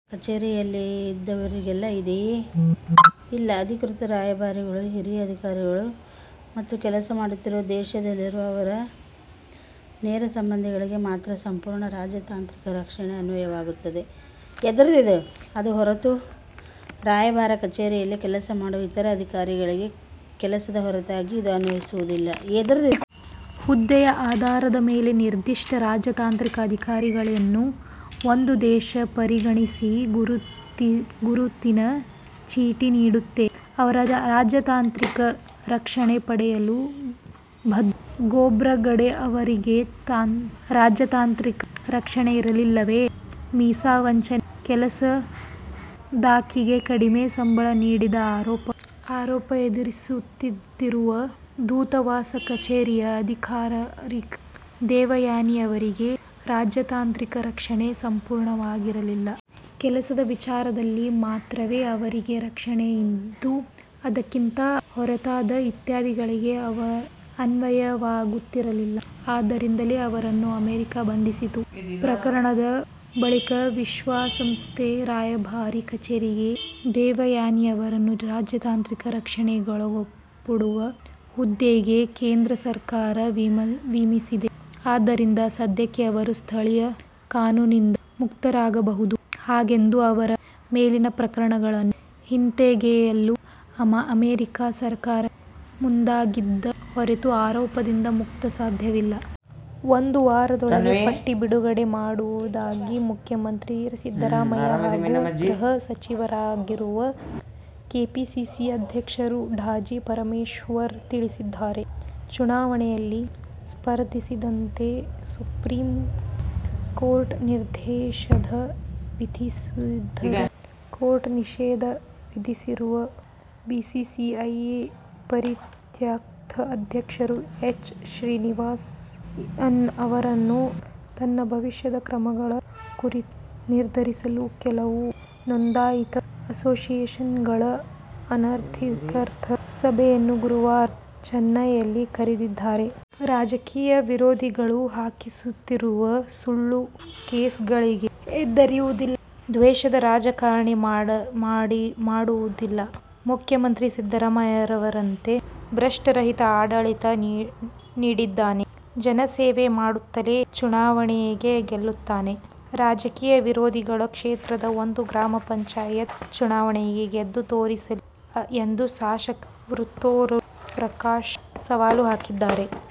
ರಾಜತಾಂತ್ರಿಕ ರಕ್ಷಣೆ ರಾಯಭಾರ ಕಚೇರಿಯಲ್ಲಿದ್ದವರಿಗೆಲ್ಲ ಇದೆಯೇ? ಇಲ್ಲ. ಅಧಿಕೃತ ರಾಯಭಾರಿಗಳು, ಹಿರಿಯ ಅಧಿಕಾರಿಗಳು ಮತ್ತು ಕೆಲಸ ಮಾಡುತ್ತಿರುವ ದೇಶದಲ್ಲಿರುವ ಅವರ ನೇರ ಸಂಬಂಧಿಗಳಿಗೆ ಮಾತ್ರ ಸಂಪೂರ್ಣ ರಾಜತಾಂತ್ರಿಕ ರಕ್ಷಣೆ ಅನ್ವಯವಾಗುತ್ತದೆ. ಅದು ಹೊರತು ರಾಯಭಾರ ಕಚೇರಿಯಲ್ಲಿ ಕೆಲಸ ಮಾಡುವ ಇತರ ಅಧಿಕಾರಿಗಳಿಗೆ ಕೆಲಸದ ಹೊರತಾಗಿ ಇದು ಅನ್ವಯಿಸುವುದಿಲ್ಲ. ಹುದ್ದೆಯ ಆಧಾರದ ಮೇಲೆ ನಿರ್ದಿಷ್ಟ ರಾಜತಾಂತ್ರಿಕ ಅಧಿಕಾರಿಗಳನ್ನು ಒಂದು ದೇಶ ಪರಿಗಣಿಸಿ ಗುರುತಿನ ಚೀಟಿ ನೀಡುತ್ತದೆ. ಅವರು ರಾಜತಾಂತ್ರಿಕ ರಕ್ಷಣೆ ಪಡೆಯಲು ಬದ್ಧರು. ಖೋಬ್ರಗಡೆ ಅವರಿಗೆ ರಾಜತಾಂತ್ರಿಕ ರಕ್ಷಣೆ ಇರಲಿಲ್ಲವೇ? ವೀಸಾ ವಂಚನೆ. ಕೆಲಸದಾಕೆಗೆ ಕಡಿಮೆ ಸಂಬಳ ನೀಡಿದ ಆರೋಪ ಎದುರಿಸುತ್ತಿರುವ ದೂತವಾಸ ಕಚೇರಿಯ ಅಧಿಕಾರಿ ದೇವಯಾನಿಯವರಿಗೆ ರಾಜತಾಂತ್ರಿಕ ರಕ್ಷಣೆ ಸಂಪೂರ್ಣವಾಗಿರಲಿಲ್ಲ. ಕೆಲಸದ ವಿಚಾರದಲ್ಲಿ ಮಾತ್ರವೇ ಅವರಿಗೆ ರಕ್ಷಣೆ ಇದ್ದು, ಅದಕ್ಕಿಂತ ಹೊರತಾದ ಇತ್ಯಾದಿಗಳಿಗೆ ಅನ್ವಯವಾಗುತ್ತಿರಲಿಲ್ಲ. ಆದ್ದರಿಂದಲೇ ಅವರನ್ನು ಅಮೆರಿಕ ಬಂಧಿಸಿತು. ಪ್ರಕರಣದ ಬಳಿಕ ವಿಶ್ವಸಂಸ್ಥೆ ರಾಯಭಾರ ಕಚೇರಿಗೆ ದೇವಯಾನಿಯವರನ್ನು ರಾಜತಾಂತ್ರಿಕ ರಕ್ಷಣೆಗೊಳಪಡುವ ಹುದ್ದೆಗೆ ಕೇಂದ್ರ ಸರ್ಕಾರ ನೇಮಿಸಿದೆ. ಆದ್ದರಿಂದ ಸದ್ಯಕ್ಕೆ ಅವರು ಸ್ಥಳೀಯ ಕಾನೂನಿಂದ ಮುಕ್ತವಾಗಬಹುದು. ಹಾಗೆಂದು ಅವರ ಮೇಲಿನ ಪ್ರಕರಣಗಳನ್ನು ಹಿಂತೆಗೆಯಲು ಅಮೆರಿಕ ಸರ್ಕಾರವೇ ಮುಂದಾಗದ ಹೊರತು ಆರೋಪದಿಂದ ಮುಕ್ತಿ ಸಾಧ್ಯವಿಲ್ಲ. ಒಂದು ವಾರದೊಳಗೆ ಪಟ್ಟಿ ಬಿಡುಗಡೆ ಮಾಡುವುದಾಗಿ ಮುಖ್ಯಮಂತ್ರಿ ಸಿದ್ದರಾಮಯ್ಯ ಹಾಗೂ ಗೃಹ ಸಚಿವರೂ ಆಗಿರುವ ಕೆಪಿಸಿಸಿ ಅಧ್ಯಕ್ಷ ಡಾ ಜಿ. ಪರಮೇಶ್ವರ್ ತಿಳಿಸಿದ್ದಾರೆ. ಚುನಾವಣೆಯಲ್ಲಿ ಸ್ಪರ್ಧಿಸದಂತೆ ಸುಪ್ರೀಂ ಕೋರ್ಟ್ ನಿಷೇಧ ವಿಧಿಸಿದ್ದರೂ ಬಿಸಿಸಿಐಯ ಪರಿತ್ಯಕ್ತ ಅಧ್ಯಕ್ಷ ಎನ್. ಶ್ರೀನಿವಾಸನ್ ಅವರು ತನ್ನ ಭವಿಷ್ಯದ ಕ್ರಮಗಳ ಕುರಿತು ನಿರ್ಧರಿಸಲು ಕೆಲವು ನೋಂದಾಯಿತ ಅಸೋಸಿಯೇಶನ್ಗಳ ಅನಧಿಕೃತ ಸಭೆಯನ್ನು ಗುರುವಾರ ಚೆನ್ನೈಯಲ್ಲಿ ಕರೆದಿದ್ದಾರೆ. ರಾಜಕೀಯ ವಿರೋಧಿಗಳು ಹಾಕಿಸುತ್ತಿರುವ ಸುಳ್ಳು ಕೇಸುಗಳಿಗೆ ಹೆದರುವುದಿಲ್ಲ. ದ್ವೇಷದ ರಾಜಕಾರಣ ಮಾಡುವುದಿಲ್ಲ. ಮುಖ್ಯಮಂತ್ರಿ ಸಿದ್ದರಾಮಯ್ಯರಂತೆ ಭ್ರಷ್ಟರಹಿತ ಆಡಳಿತ ನೀಡಿದ್ದೇನೆ. ಜನಸೇವೆ ಮಾಡುತ್ತಲೇ ಚುನಾವಣೆ ಗೆಲ್ಲುತ್ತೇನೆ. ರಾಜಕೀಯ ವಿರೋಧಿಗಳು ಕ್ಷೇತ್ರದ ಒಂದು ಗ್ರಾಮ ಪಂಚಾಯತ್ ಚುನಾವಣೆ ಗೆದ್ದು ತೋರಿಸಲಿ ಎಂದು ಶಾಸಕ ವರ್ತೂರು ಪ್ರಕಾಶ್ ಸವಾಲು ಹಾಕಿದ್ದಾರೆ.